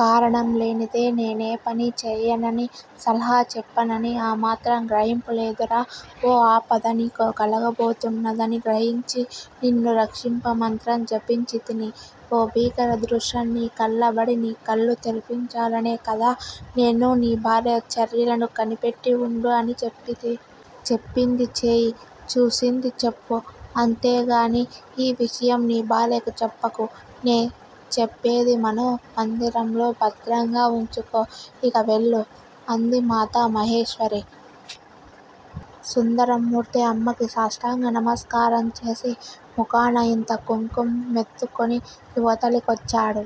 కారణం లేనిదే నేనే పని చేయనని సలహా చెప్పనని ఆ మాత్రం గ్రహింపు లేదురా. ఓ ఆపద నీకు కలగబోతున్నదని గ్రహించి నిన్ను రక్షింప మంత్రం ఉపదేశించితిని ఓ భీకర దృశ్యం నీ కళ్ళబడి నీ కళ్ళు తెరిపించాలనే కదా నేను నీ భార్య చర్యలను కనిపెట్టి ఉండు అని చెప్పితి. చెప్పింది చేయి చూసింది చెప్పు అంతియే గాని ఈ విషయం నీ భార్యకు చెప్పకు. నే చెప్పేది మనో మందిరంలో భద్రంగా ఉంచుకో ఇంక వెళ్ళు. అంది మాతా మహేశ్వరీ. సుందరమూర్తి అమ్మకి సాష్టాంగ నమస్కారం చేసి ముఖాన ఇంత కుంకం మెత్తుకుని ఇవతలి కొచ్చాడు.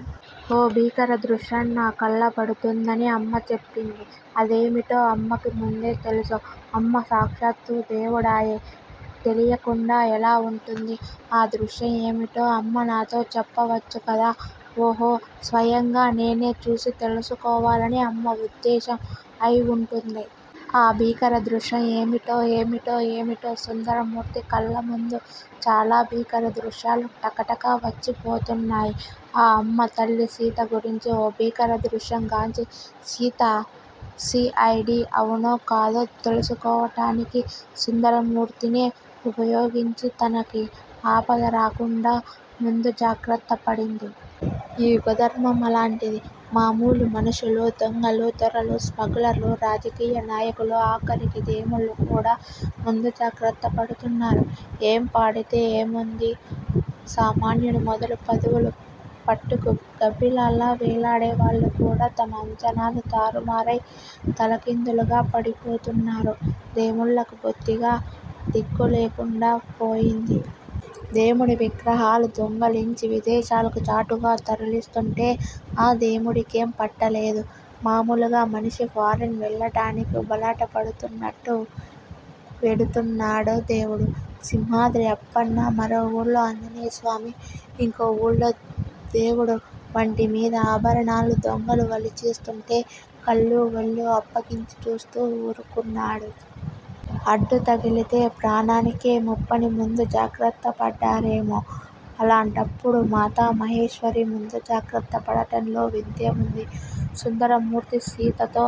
ఓ భీకర దృశ్యం నా కళ్ళ పడుతుందని అమ్మ చెప్పింది. అదేమిటో అమ్మకి ముందే తెల్సు. అమ్మ సాక్షాత్తూ దేవుడాయే. తెలియకుండా ఎలా వుంటుంది. ఆ దృశ్యం ఏమిటో అమ్మ నాతో చెప్పవచ్చు కదా! ఓహో స్వయంగా నేనే చూసి తెల్సుకోవాలని అమ్మ ఉద్దేశం అయివుంటుంది. ఆ భీకర దృశ్యం ఏమిటో ఏమిటో! ఏమిటో? సుందరమూర్తి కళ్ళముందు చాలా భీకర దృశ్యాలు టకటక వచ్చిపోతున్నాయి. ఆ అమ్మ తల్లి సీత గురించి ఓ భీకర దృశ్యం కాంచి సీత సి. ఐ. డి అవునో కాదో తెల్సుకోవటానికి సుందరమూర్తినే ఉపయోగించి తనకి ఆపద రాకుండా ముందు జాగ్రత్తపడింది. ఈ యుగధర్మం అలాంటిది, మామూలు మనుషులు, దొంగలు, దొరలు, స్మగ్లర్లు, రాజకీయ నాయకులు ఆఖరికి దేముళ్ళు కూడా ముందు జాగ్రత్త పడుతున్నారు. ఏం పాడితే ఏ ముంది సామాన్యుడు మొదలు పదవులు పట్టుకు గబ్బిలాల్లా వేలేడేవాళ్ళు కూడా తమ అంచనాలు తారుమారై తలకిందులుగా పడిపోతున్నారు. దేముల్లకి బొత్తిగా దిక్కు లేకుండా పోయింది. దేవుడి విగ్రహాలు దొంగలించి విదేశాలకు చాటుగా తరలిస్తుంటే ఆ దేముడికేం పట్టలేదు. మామూలుగా మనిషి ఫారిన్ వెళ్ళటానికి ఉబలాట పడుతున్నట్టు వెడుతున్నడా దేవుడు సింహాద్రి అప్పన్న, మరో వూళ్ళో ఆంజనేయస్వామి, ఇంకో వూళ్ళో దేవుడు వంటి మీద ఆభరణాలు దొంగలు వలిచేస్తుంటే కళ్ళు వళ్ళు అప్పగించి చూస్తూ వురుకున్నాడు. అడ్డుతగిలితే ప్రాణానికే ముప్పని ముందు జాగ్రత్తపడ్డారేమో, అలాంటప్పుడు మాతా మహేశ్వరీ ముందు జాగ్రత్త పడటంలో వింతేముంది. సుందరమూర్తి సీతతో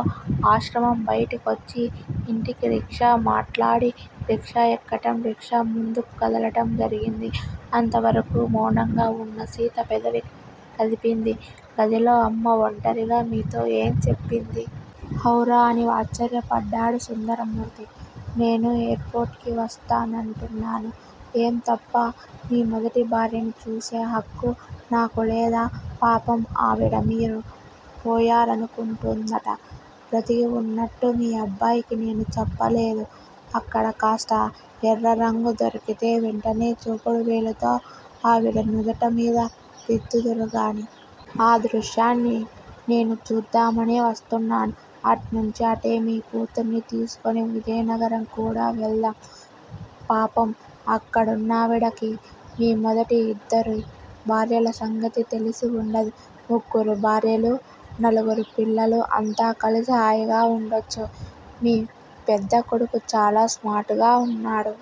ఆశ్రమం బయటికొచ్చి ఇంటికి రిక్షా మాట్లాడి రిక్షా ఎక్కటం రిక్షా ముందుకు కదలటం జరిగింది. అంత వరకూ మౌనంగా ఉన్న సీత పెదవి కదిపింది. గదిలో అమ్మ వంటరిగా మీతో ఏం చెప్పింది? హౌరా! అని ఆశ్చర్యపడ్డాడు సుందరమూర్తి. నేనూ ఎయిర్ పోర్ట్ కి వస్తానంటున్నాను. ఏం! తప్పా మీ మొదటి భార్యని చూసే హక్కు నాకులేదా? పాపం ఆవిడ మీరు పోయారనుకుంటూందట. బ్రతికి వున్నట్టు మీ అబ్బాయికి నేనూ చెప్పలేదు. అక్కడ కాస్త ఎర్రరంగు దొరికితే వెంటనే చూపుడు వేలుతో ఆవిడ నుదుటమీద దిద్దుదురుగాని. ఆ దృశ్యాన్ని నేనూ చూద్దామనే వస్తున్నాను. అట్నుంచి అటే మీ కూతుర్ని తీసుకుని విజయనగరం కూడా వెళ్దాం. పాపం అక్కడున్నావిడకి మీ మొదటి ఇద్దరి భార్యల సంగతి తెలిసి వుండదు. ముగ్గురు భార్యలు నలుగురు పిల్లలు అంతా కలిసి హాయిగా వుండొచ్చు. మీ పెద్ద కొడుకు చాలా స్మార్ట్ గా వున్నాడు.